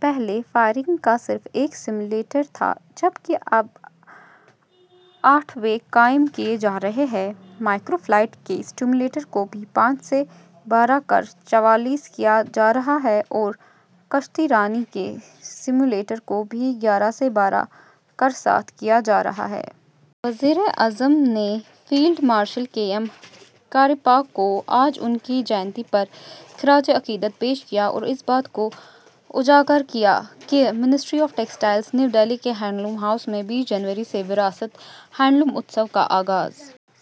پہلے فائرنگ کا صرف ایک سیمولیٹر تھا، جب کہ اب اٹھانوے قائم کیے جا رہے ہیں۔ مائیکرو فلائٹ کے سیمولیٹر کو بھی پانچ سے بڑھا کر چوالیس کیا جا رہا ہے اور کشتی رانی کے سیمولیٹر کو بھی گیارہ سے بڑھا کر ساٹھ کیا جا رہا ہے۔ وزیر اعظم نے field marshal K M Cariappa کو آج ان کی جینتی پر خراجِ عقیدت پیش کیا اور اس بات کو اجاگر کیا کہ۔ ٹیکسٹائل کی وزارت نئی دہلی کے ہینڈلوم ہاٹ میں بیس جنوری سے ''وراست'' ہینڈلوم ہوم ڈیکور کا آغاز۔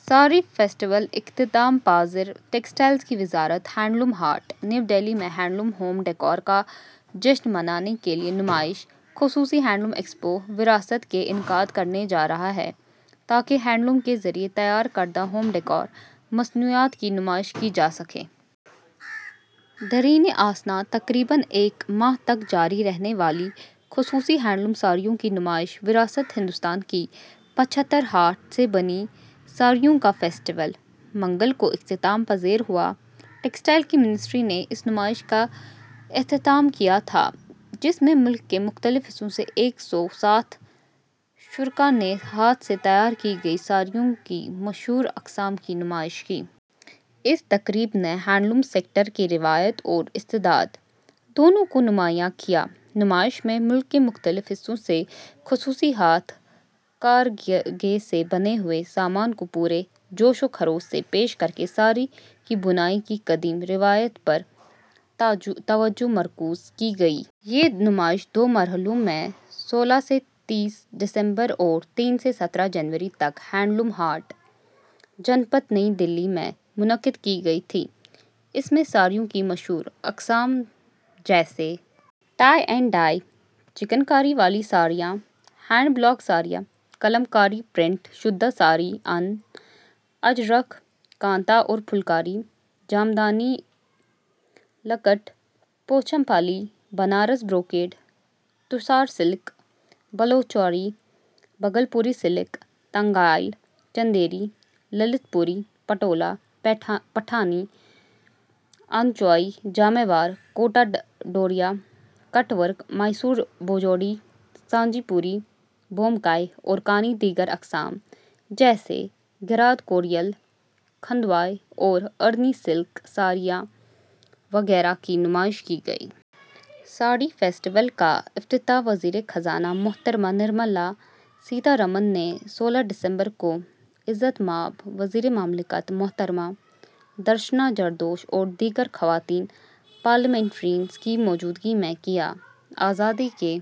ساڑی فیسٹیول اختتام پذیر۔ ٹیکسٹائل کی وزارت ہینڈلوم ہاٹ، نئی دہلی میں ہینڈلوم ہوم ڈیکور کا جشن منانے کے لیے نمائش، خصوصی ہینڈلوم ایکسپو ''وراست'' کا انعقاد کرنے جا رہی ہے، تاکہ ہینڈلوم کے ذریعے تیار کردہ ہوم ڈیکور مصنوعات کی نمائش کی جا سکے۔ دریں اثنا، تقریباً ایک ماہ تک جاری رہنے والی خصوصی ہینڈلوم ساڑیوں کی نمائش ''وراست''، ہندوستان کی پچہتر ہاتھ سے بنی ساڑیوں کا فیسٹیول، منگل کو اختتام پذیر ہوا۔ ٹیکسٹائل کی وزارت نے اس نمائش کا اہتمام کیا تھا، جس میں ملک کے مختلف حصوں سے ایک سو ساٹھ شرکاء نے ہاتھ سے تیار کی گئی ساڑیوں کی مشہور اقسام کی نمائش کی۔ اس تقریب نے ہینڈلوم سیکٹر کی روایت اور استعداد، دونوں کو نمایاں کیا۔ نمائش میں ملک کے مختلف حصوں سے خصوصی ہتھ کرگھے سے بنے ہوئے سامان کو پورے جوش و خروش سے پیش کرکے ساڑی کی بنائی کی قدیم روایت پر توجہ مرکوز کی گئی۔ یہ نمائش دو مرحلوں میں سولہ سے تیس دسمبر اور تین سے سترہ جنوری تک ہینڈلوم ہاٹ، جن پتھ، نئی دہلی میں منعقد کی گئی تھی۔ اس میں ساڑیوں کی مشہور اقسام، جیسے ٹائی اینڈ ڈائی، چکن کڑھائی والی ساڑیاں، ہینڈ بلاک ساڑیاں، کلام کاری پرنٹ شدہ ساڑیاں، اجرکھ، کانٹھا اور Phulkari, Jamdani, Ikat, Pochampally, Banaras brocade, Tussar silk, Baluchi, Bhagalpuri silk, Tangail, Chanderi, Lalitpuri, Patola, Paithani, Tanchoi, Jangla, Kota Doria, cut work, Maheshwari, Bhujodi, Sanjhipuri, Bomkai اور کئی دیگر اقسام، جیسے گراد کوریال، کھنڈوا اور ارنی سلک ساڑیاں وغیرہ کی نمائش کی گئی۔ ساڑی فیسٹیول کا افتتاح وزیر خزانہ محترمہ نرملا سیتا رمن نے سولہ دسمبر کو عزت مآب وزیر مملکت محترمہ درشنا جردوش اور دیگر خواتین پارلیمنٹیرینز کی موجودگی میں کیا۔ آزادی کے